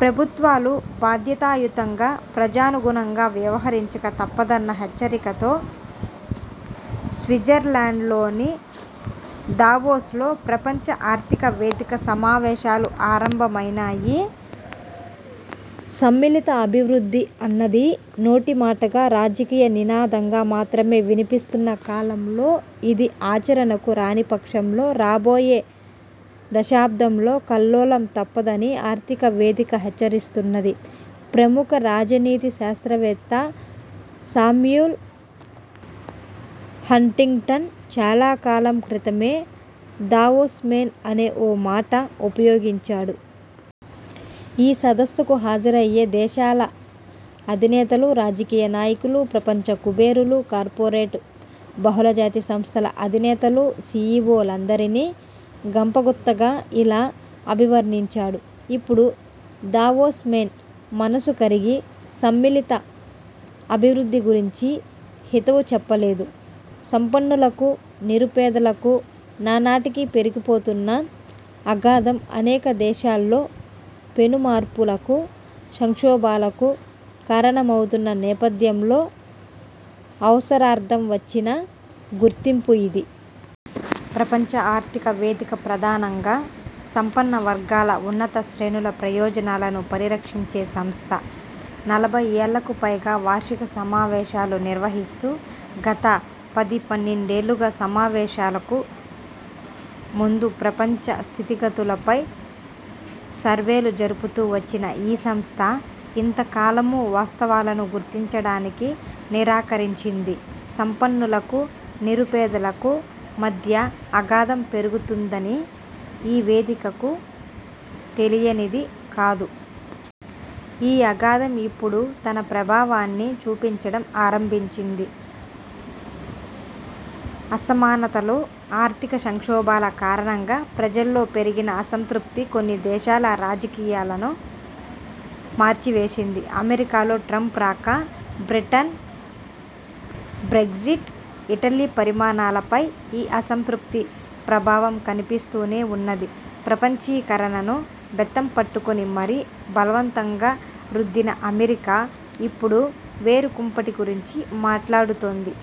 ప్రభుత్వాలు బాధ్యతాయుతంగా, ప్రజానుగుణంగా వ్యవహరించక తప్పదన్న హెచ్చరికతో స్విట్జర్లాండ్లోని దావోస్లో ప్రపంచ ఆర్థికవేదిక సమావేశాలు ఆరంభమైనాయి. 'సమ్మిళిత అభివృద్ధి' అన్నది నోటిమాటగా, రాజకీయ నినాదంగా మాత్రమే వినిపిస్తున్న కాలంలో, ఇది ఆచరణకు రానిపక్షంలో రాబోయే దశాబ్దంలో కల్లోలం తప్పదని ఆర్థికవేదిక హెచ్చరిస్తున్నది. ప్రముఖ రాజనీతి శాస్త్రవేత్త సామ్యూల్ హంటింగ్టన్ చాలాకాలం క్రితమే 'దావోస్ మేన్' అనే ఓ మాట ఉపయోగించాడు. ఈ సదస్సుకు హాజరయ్యే దేశాల అధినేతలు, రాజకీయ నాయకులు, ప్రపంచ కుబేరులు, కార్పొరేట్, బహుళజాతి సంస్థల అధినేతలూ, సీఈవోలందరినీ గంపగుత్తగా ఇలా అభివర్ణించాడు. ఇప్పుడు 'దావోస్ మేన్' మనసు కరిగి సమ్మిళిత అభివృద్ధి గురించి హితవు చెప్పలేదు. సంపన్నులకూ, నిరుపేదలకూ నానాటికీ పెరిగిపోతున్న అగాధం అనేక దేశాల్లో పెను మార్పులకు, సంక్షోభాలకు కారణమవుతున్న నేపథ్యంలో అవసరార్థం వచ్చిన గుర్తింపు ఇది. ప్రపంచ ఆర్థిక వేదిక ప్రధానంగా సంపన్నవర్గాల, ఉన్నత శ్రేణుల ప్రయోజనాలను పరిరక్షించే సంస్థ. నలభైయ్యేళ్ళకు పైగా వార్షిక సమావేశాలు నిర్వహిస్తూ, గత పదిపన్నెండేళ్ళుగా సమావేశాలకు ముందు ప్రపంచ స్థితిగతులపై సర్వేలు జరుపుతూ వచ్చిన ఈ సంస్థ ఇంతకాలమూ వాస్తవాలను గుర్తించడానికి నిరాకరించింది. సంపన్నులకూ, నిరుపేదలకూ మధ్య ఆగాధం పెరుగుతున్నదని ఈ వేదికకు తెలియనిది కాదు. ఈ అగాధం ఇప్పుడు తన ప్రభావాన్ని చూపించడం ఆరంభించింది. అసమానతలు, ఆర్థిక సంక్షోభాల కారణంగా ప్రజల్లో పెరిగిన అసంతృప్తి కొన్ని దేశాల రాజకీయాలను మార్చివేసింది. అమెరికాలో ట్రంప్ రాక, బ్రిటన్ బ్రెగ్జిట్, ఇటలీ పరిణామాలపై ఈ అసంతృప్తి ప్రభావం కనిపిస్తూనే ఉన్నది. ప్రపంచీకరణను బెత్తంపట్టుకొని మరీ బలవంతంగా రుద్దిన అమెరికా ఇప్పుడు వేరుకుంపటి గురించి మాట్లాడుతోంది.